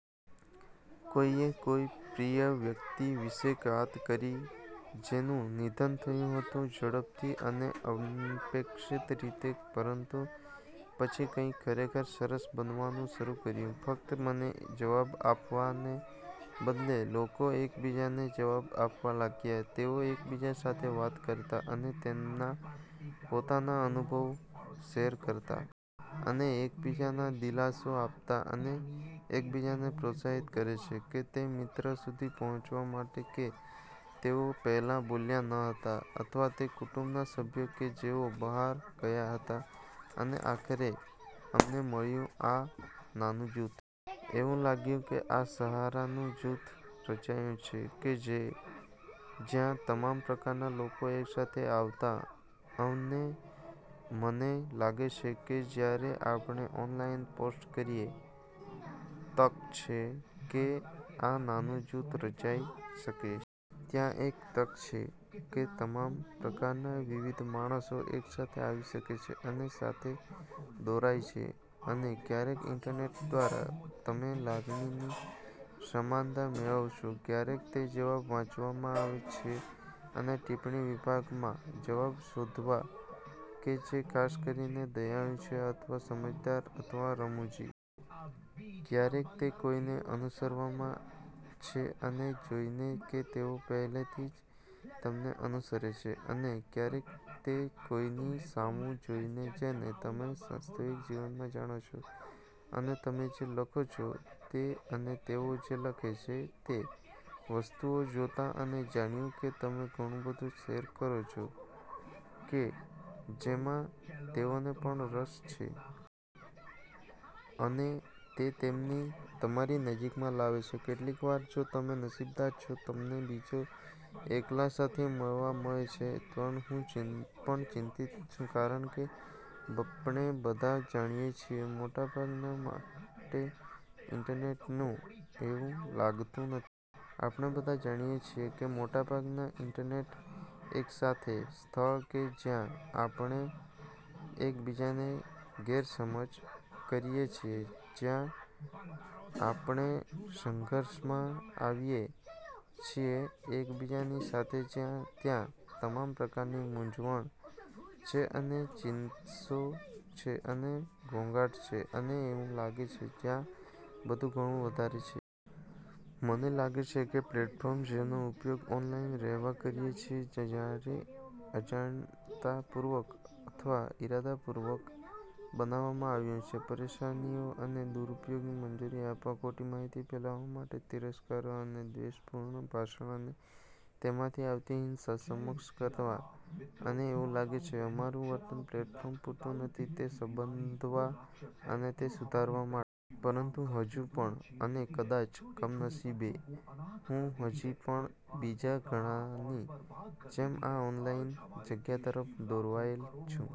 કોઈએ કોઈ પ્રિય વ્યક્તિ વિશે વાત કરી જેનું નિધન થયું હતું ઝડપથી અને અનપેક્ષિત રીતે. પરંતુ પછી કંઈક ખરેખર સરસ બનવાનું શરૂ કર્યું ફક્ત મને જવાબ આપવાને બદલે. લોકો એકબીજાને જવાબ આપવા લાગ્યા, તેઓ એકબીજા સાથે વાત કરતાં અને તેમના પોતાના અનુભવો શેર કરતાં. અને એકબીજાને દિલાસો આપતાં. અને એકબીજાને પ્રોત્સાહિત કરે છે તે મિત્ર સુધી પહોંચવા માટે કે તેઓ પહેલાં બોલ્યા ન હતા અથવા તે કુટુંબના સભ્ય કે જેઓ બહાર ગયાં હતાં. અને આખરે અમને મળ્યું આ નાનું જૂથ. એવું લાગ્યું કે આ સહારાનું જૂથ રચાયું છે કે જ્યાં તમામ પ્રકારના લોકો એકસાથે આવતા. અને મને લાગે છે કે જ્યારે આપણે ઓનલાઇન પોસ્ટ કરીએ, તક છે કે આ નાનું જૂથ રચાઈ શકે છે. ત્યાં એક તક છે કે તમામ પ્રકારના વિવિધ માણસો એકસાથે આવી શકે છે અને સાથે દોરાય છે. અને ક્યારેક ઇન્ટરનેટનો દ્વારા તમે લાગણીની સમાનતા મેળવશો. ક્યારેક તે જવાબો વાંચવામાં છે. અને ટિપ્પણી વિભાગોમાં જવાબ શોધવા કે જે ખાસ કરીને દયાળુ છે અથવા સમજદાર અથવા રમુજી. ક્યારેક તે કોઈને અનુસરવામાં છે. અને જોઈને કે તેઓ પહેલેથી જ તમને અનુસરે છે. અને ક્યારેક તે કોઈની સામું જોઈને જેને તમે વાસ્તવિક જીવનમાં જાણો છો અને તમે જે લખો છો તે અને તેઓ જે લખે છે તે વસ્તુઓ જોતાં અને જાણ્યું કે તમે ઘણું બધું શેર કરો છો કે જેમાં તેઓને પણ રસ છે. અને તે તેમને તમારી નજીકમાં લાવે છે. કેટલીકવાર, જો તમે નસીબદાર છો, તમને બીજા એકલાં સાથે મળવા મળે છે. પણ હું પણ ચિંતિત છું કારણકે આપણે બધા જાણીએ છીએ મોટાભાગના માટે ઇન્ટરનેટ એવું લાગતું નથી. આપણે બધા જાણીએ છીએ કે મોટાભાગના માટે ઇન્ટરનેટ એક સ્થળ છે જ્યાં આપણે એકબીજાને ગેરસમજ કરીએ છીએ, જ્યાં આપણે સંઘર્ષમાં આવીએ છીએ એકબીજાની સાથે, જ્યાં ત્યાં તમામ પ્રકારની મૂંઝવણ છે અને ચીસો છે અને ઘોંઘાટ છે અને એવું લાગે છે ત્યાં બધું ઘણું વધારે છે. મને લાગે છે કે પ્લેટફોર્મ જેનો ઉપયોગ ઓનલાઇન રહેવા કરીએ છીએ અજાણતાંપૂર્વક અથવા ઇરાદાપૂર્વક બનાવવામાં આવ્યું છે. પરેશાની અને દુરૂપયોગની મંજૂરી આપવા ખોટી માહિતી ફેલાવવા માટે, તિરસ્કાર અને દ્વેષપૂર્ણ ભાષણ અને તેમાંથી આવતી હિંસાને સક્ષમ કરવાં અને એવું લાગે છે અમારું વર્તમાન પ્લેટફોર્મ પૂરતૂં નથી તે સંબોધવા અને તે સુધારવા માટે. પરંતુ હજુ પણ અને કદાચ કમનસીબે, હું હજી પણ બીજા ઘણાની જેમ આ ઓનલાઇન જગ્યા તરફ દોરવાયેલ છું.